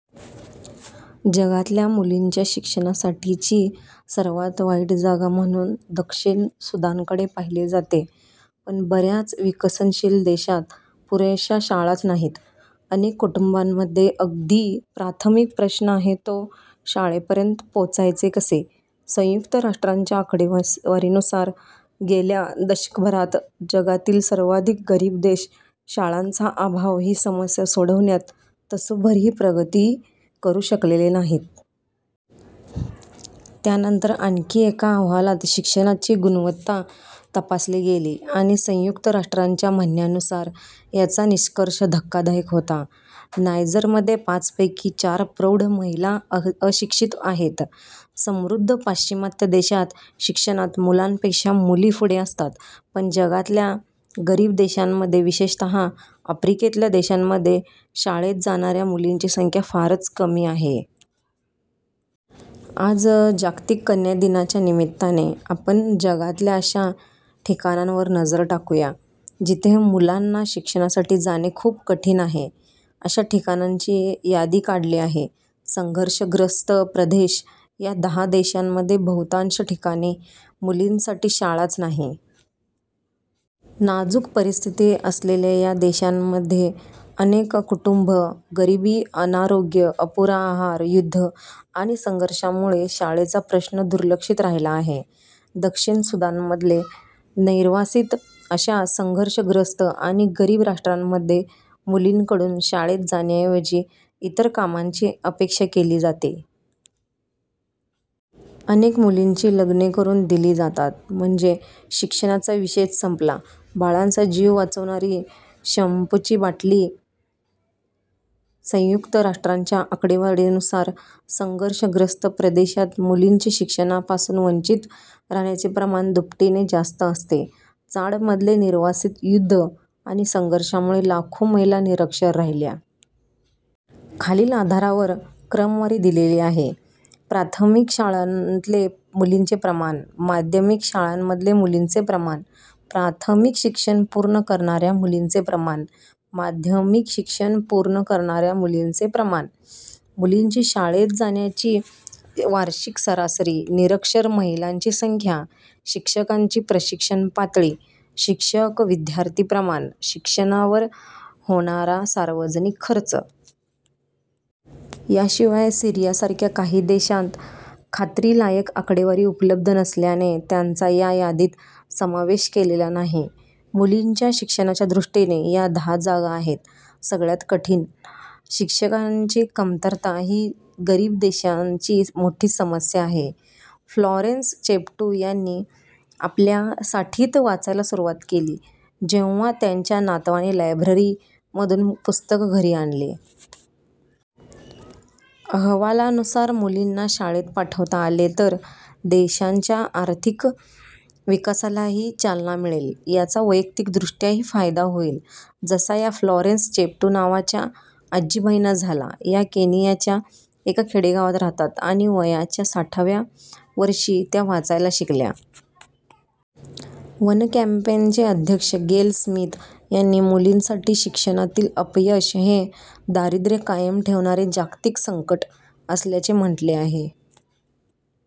जगातल्या मुलींच्या शिक्षणासाठीची सर्वात वाईट जागा म्हणून दक्षिण सुदानकडे पाहिले जाते, पण बऱ्याच विकसनशील देशांत पुरेशा शाळाच नाहीत. अनेक कुटुंबांमध्ये अगदी प्राथमिक प्रश्न आहे तो, शाळेपर्यंत पोचायचे कसे? संयुक्त राष्ट्रांच्या आकडेवारीनुसार, गेल्या दशकभरात जगातील सर्वाधिक गरीब देश शाळांचा अभाव ही समस्या सोडवण्यात तसूभरही प्रगती करू शकलेले नाहीत. त्यानंतर आणखी एका अहवालात शिक्षणाची गुणवत्ता तपासली गेली आणि संयुक्त राष्ट्रांच्या म्हणण्यानुसार याचा निष्कर्ष धक्कादायक होता. नायजरमध्ये पाचपैकी चार प्रौढ महिला अशिक्षित आहेत. समृद्ध पाश्चिमात्य देशांत शिक्षणात मुलांपेक्षा मुली पुढे असतात. पण जगातल्या गरीब देशांमध्ये विशेषतः आफ्रिकेतल्या देशांमध्ये शाळेत जाणाऱ्या मुलींची संख्या फारच कमी आहे. आज 'जागतिक कन्या दिना'च्या निमित्ताने आपण जगातल्या अशा ठिकाणांवर नजर टाकू या, जिथे मुलांना शिक्षणासाठी जाणे खूप कठीण आहे. अशा ठिकाणांची यादी काढली आहे. संघर्षग्रस्त प्रदेश, या दहा देशांमध्ये बहुतांश ठिकाणी मुलींसाठी शाळाच नाही. नाजुक परिस्थिती असलेल्या या देशांमध्ये, अनेक कुटुंब गरिबी, अनारोग्य, अपुरा आहार, युद्ध आणि संघर्षामुळे शाळेचा प्रश्न दुर्लक्षित राहिला आहे. दक्षिण सुदानमधले निर्वासित अशा संघर्षग्रस्त आणि गरीब राष्ट्रांमध्ये मुलींकडून शाळेत जाण्याऐवजी इतर कामांची अपेक्षा केली जाती. अनेक मुलींची लग्ने करून दिली जातात. म्हणजे शिक्षणाचा विषयच संपला. बाळांचा जीव वाचवणारी शँपूची बाटली - संयुक्त राष्ट्रांच्या आकडेवारीनुसार, संघर्षग्रस्त प्रदेशात मुलींचे शिक्षणापासून वंचित राहण्याचे प्रमाण दुपटीने जास्त असते. चाडमधले निर्वासित: युद्ध आणि संघर्षामुळे लाखो महिला निरक्षर राहिल्या. खालील आधारावर क्रमवारी दिलेली आहे: •प्राथमिक शाळांतले मुलींचे प्रमाण •माध्यमिक शाळांमधले मुलींचे प्रमाण •प्राथमिक शिक्षण पूर्ण करणाऱ्या मुलींचे प्रमाण •माध्यमिक शिक्षण पूर्ण करणाऱ्या मुलींचे प्रमाण •मुलींची शाळेत जाण्याची वार्षिक सरासरी •निरक्षर महिलांची संख्या •शिक्षकांची प्रशिक्षण पातळी •शिक्षक-विद्यार्थी प्रमाण •शिक्षणावर होणारा सार्वजनिक खर्च. याशिवाय, सीरियासारख्या काही देशांत खात्रीलायक आकडेवारी उपलब्ध नसल्याने त्यांचा या यादीत समावेश केलेला नाही. मुलींच्या शिक्षणाच्या दृष्टीने या दहा जागा आहेत सगळ्यात कठीण: शिक्षकांची कमतरता ही गरीब देशांची मोठी समस्या आहे. फ्लॉरेन्स चेप्ट्यू यांनी आपल्या साठीत वाचायला सुरुवात केली, जेव्हा त्यांच्या नातवाने लायब्ररीमधून पुस्तक घरी आणले. अहवालानुसार मुलींना शाळेत पाठवता आले तर देशांच्या आर्थिक विकासालाही चालना मिळेल. याचा वैयक्तिक दृष्ट्याही फायदा होईल जसा या फ्लॉरेन्स चेप्ट्यू नावाच्या आजीबाईंना झाला. या केनियाच्या एका खेडेगावात राहतात आणि वयाच्या साठव्या वर्षी त्या वाचायला शिकल्या. वन कॅम्पेनचे अध्यक्ष गेल स्मिथ यांनी, मुलींसाठी शिक्षणातील अपयश हे 'दारिद्र्य कायम ठेवणारे जागतिक संकट' असल्याचे म्हटले आहे.